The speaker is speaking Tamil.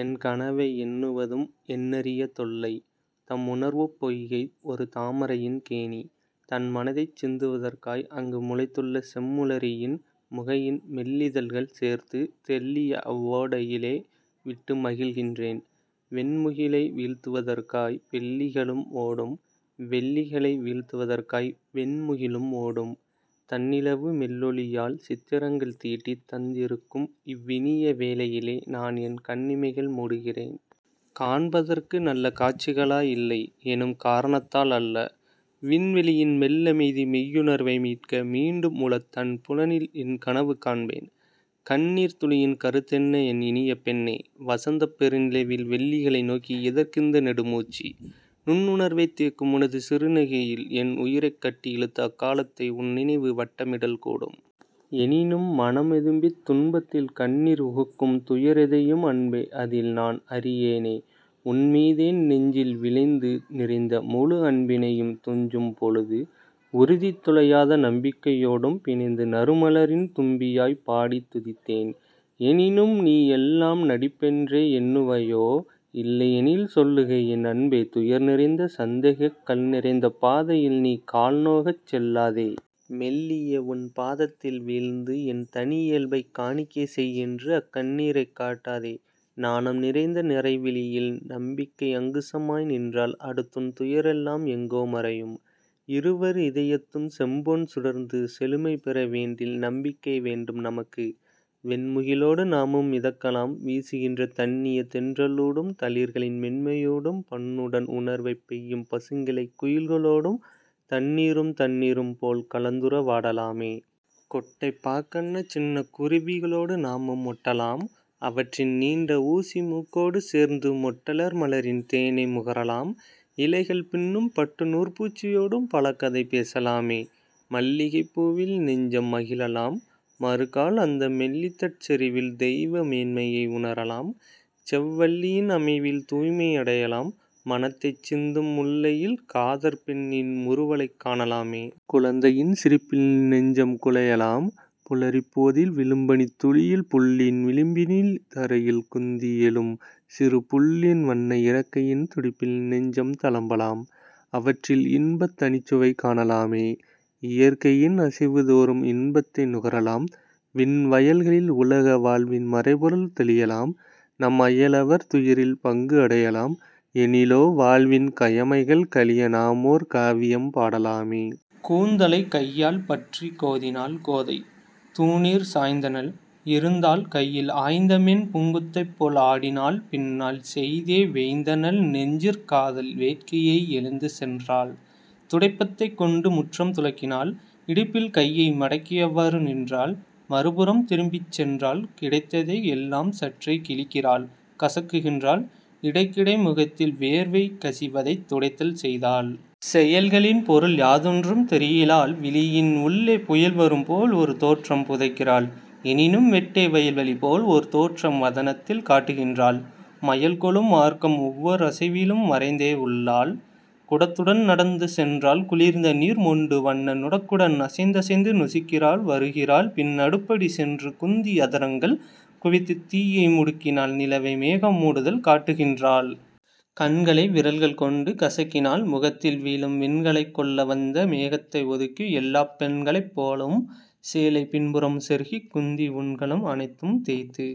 என்கனவை எண்ணுவதும் எண்ணரிய தொல்லை. தம்உணர்வுப் பொய்கை ஒரு தாமரையின் கேணி. தண்மனத்தைச் சிந்துவதற்காய் அங்கு முளைத்துள்ள செம்முளரியின் முகையின் மெல்லிதழ்கள் சேர்த்து தெள்ளியஅவ் வோடையிலே விட்டு மகிழ்கின்றேன். வெண்முகிலை வீழ்த்துதற்காய் வெள்ளிகளும் ஓடும். வெள்ளிகளை வீழ்த்துதற்காய் வெண்முகிலும் ஓடும். தண்ணிலவு மெல்லொளியால் சித்திரங்கள் தீட்டித் தந்திருக்கும் இவ்வினிய வேளையிலே நான்என் கண்இமைகள் மூடுகிறேன். காண்பதற்கு நல்ல காட்சிகளாய் இல்லை எனும் காரணத்தால் அல்ல. விண்வெளியின் மெல்லமைதி மெய்யுணர்வை மீட்க மீண்டும் உளத் தண்புனலில் இன்கனவு காண்பேன். கண்ணீர்த் துளியின் கருத்தென்ன என் இனிய பெண்ணே? வசந்தப் பெருநிலவில் வெள்ளிகளை நோக்கி எதற்கிந்த நெடுமூச்சு? நுண் உணர்வைத் தேக்கும் உனது சிறுநகையில் என் உயிரைக் கட்டி இழுத்த அக் காலத்தை உன்நினைவு வட்டமிடல் கூடும். எனுனிம் மனம் வெதும்பித் துன்பத்தில் கண்ணீர் உகுக்கும் துயர் எதையும் அன்பே அதில் நான் அறியேனே உன்மீதென் நெஞ்சில் விளைந்து நிறைந்த முழு அன்பினையும் துஞ்சும் பொழுது உறுதி தொலையாத நம்பிக்கையோடும் பிணைந்து நறுமலரின் தும்பியாய்ப் பாடித் துதித்தேன். எனினும் நீ எல்லாம் நடிப்பென்றே எண்ணுவையோ இல்லையெனில் சொல்லுக என் அன்பே துயர்நிறைந்த, சந்தேகக் கல்நிறைந்த பாதையில் நீ கால் நோகச் செல்லாதே. மெல்லிய உன் பாதத்தில் வீழ்ந்து என் தனி இயல்பைக் காணிக்கை செய்யென்று அக் கண்ணீரைக் காட்டாதே. நாணம் நிறைந்த நறைவிழியில் நம்பிக்கை அங்குசமாய் நின்றால் அடுத்துன் துயரெல்லாம் எங்கோ மறையும். இருவர் இதயத்தும் செம்பொன் சுடர்ந்து செழுமை பேற வேண்டில் நம்பிக்கை வேண்டும் நமக்கு. வெண்முகிலோடு நாமும் மிதக்கலாம்; வீசுகின்ற தண்ணிய தென்றலூடும் தளிர்களின் மென்மையூடும் பண்ணுடன் உணர்வைப் பெய்யும் பசுங்கிளைக் குயில்களோடும் தண்ணீரும் தண்ணீரும் போல் கலந்துற வாடலாமே. கொட்டைப் பாக்கன்ன சின்னக் குருவிகளோடு நாமும் ஒட்டலாம். அவற்றின் நீண்ட ஊசி மூக்கோடு சேர்ந்து மொட்டலர் மலரில் தேனை முகரலாம் இழைகள் பின்னும் பட்டுநூற்பூச்சியோடும் பலகதை பேசலாமே. மல்லிகைப் பூவில் நெஞ்சம் மகிழலாம் மறுகால் அந்த மெல்லிதட் செறிவில் தெய்வ மேன்மையை உணரலாம் செவ் வல்லியின் அமைவில் தூய்மை அடையலாம் மணத்தைச் சிந்தும் முல்லையில் காதற் பெண்ணின் முறுவலைக் காணலாமே. குழந்தையின் சிரிப்பில் நெஞ்சம் குழையலாம் புலரிப் போதில் விழும்பனித் துளியில் புல்லின் விளிம்பினில் தரையில் குந்தி எழும் சிறு புள்ளின் வண்ண இறக்கையின் துடிப்பில் நெஞ்சம் தளம்பலாம் அவற்றில் இன்பத் தனிச்சுவை காணலாமே. இயற்கையின் அசைவு தோறும் இன்பத்தை நுகரலாம் விண் வயல்களில் உலக வாழ்வின் மறைபொருள் தெளியலாம் நம் அயலவர் துயரில் பங்கும் அடையலாம் எனிலோ வாழ்வின் கயமைகள் கழிய நாமோர் காவியம் பாடலாமே. கூந்தலைக் கையால் பற்றிக் கோதினாள் கோதை; தூணிற் சாய்ந்தனள்; இருந்தாள் கையில் ஆய்ந்தமென் பூங்கொத்தைப் போல் ஆடினாள் பின்னால் செய்தே வேய்ந்தனள் நெஞ்சிற் காதல் வேட்கையை எழுந்து சென்றாள். துடைப்பத்தைக் கொண்டு முற்றம் துலக்கினாள் இடுப்பில் கையை மடக்கியவாறு நின்றாள் மறுபுறம் திரும்பிச் சென்றாள். கிடைத்ததை எல்லாம் சற்றே கிழிக்கிறாள் கசக்குகின்றாள் இடைக்கிடை முகத்தில் வேர்வை கசிவதைத் துடைத்தல் செய்தாள். செயல்களின் பொருள் யாதொன்றும் தெரிகிலாள் விழியின் உள்ளே புயல்வரும் போல் ஓர் தோற்றம் புதைக்கிறாள் எனினும் வெட்டை வயல்வெளி போல் ஓர் தோற்றம் வதனத்தில் காட்டுகின்றாள். மயல்கொளும் மார்க்கம் ஓவ்வோர் அசைவிலும் வரைந்தே உள்ளாள். குடத்துடன் நடந்து சென்றாள் குளிர்ந்த நீர் மொண்டு வண்ண நுடக்குடன் அசைந்தசைந்து நொசிகிறாள் வருகிறாள் பின் அடுப்படி சென்று குந்தி அதரங்கள் குவித்துத் தீயை முடுக்கினாள் நிலவை மேகம் மூடுதல் காட்டுகின்றாள். கண்களை விரல்கள் கொண்டு கசக்கினாள் முகத்தில் வீழும் விண்களை கொள்ளவந்த மேகத்தை ஒதுக்கி எல்லாப் பெண்களைப் போலும் சேலை பின்புறம் செருகிக் குந்தி உண்கலம் அனைத்தும் தேய்த்து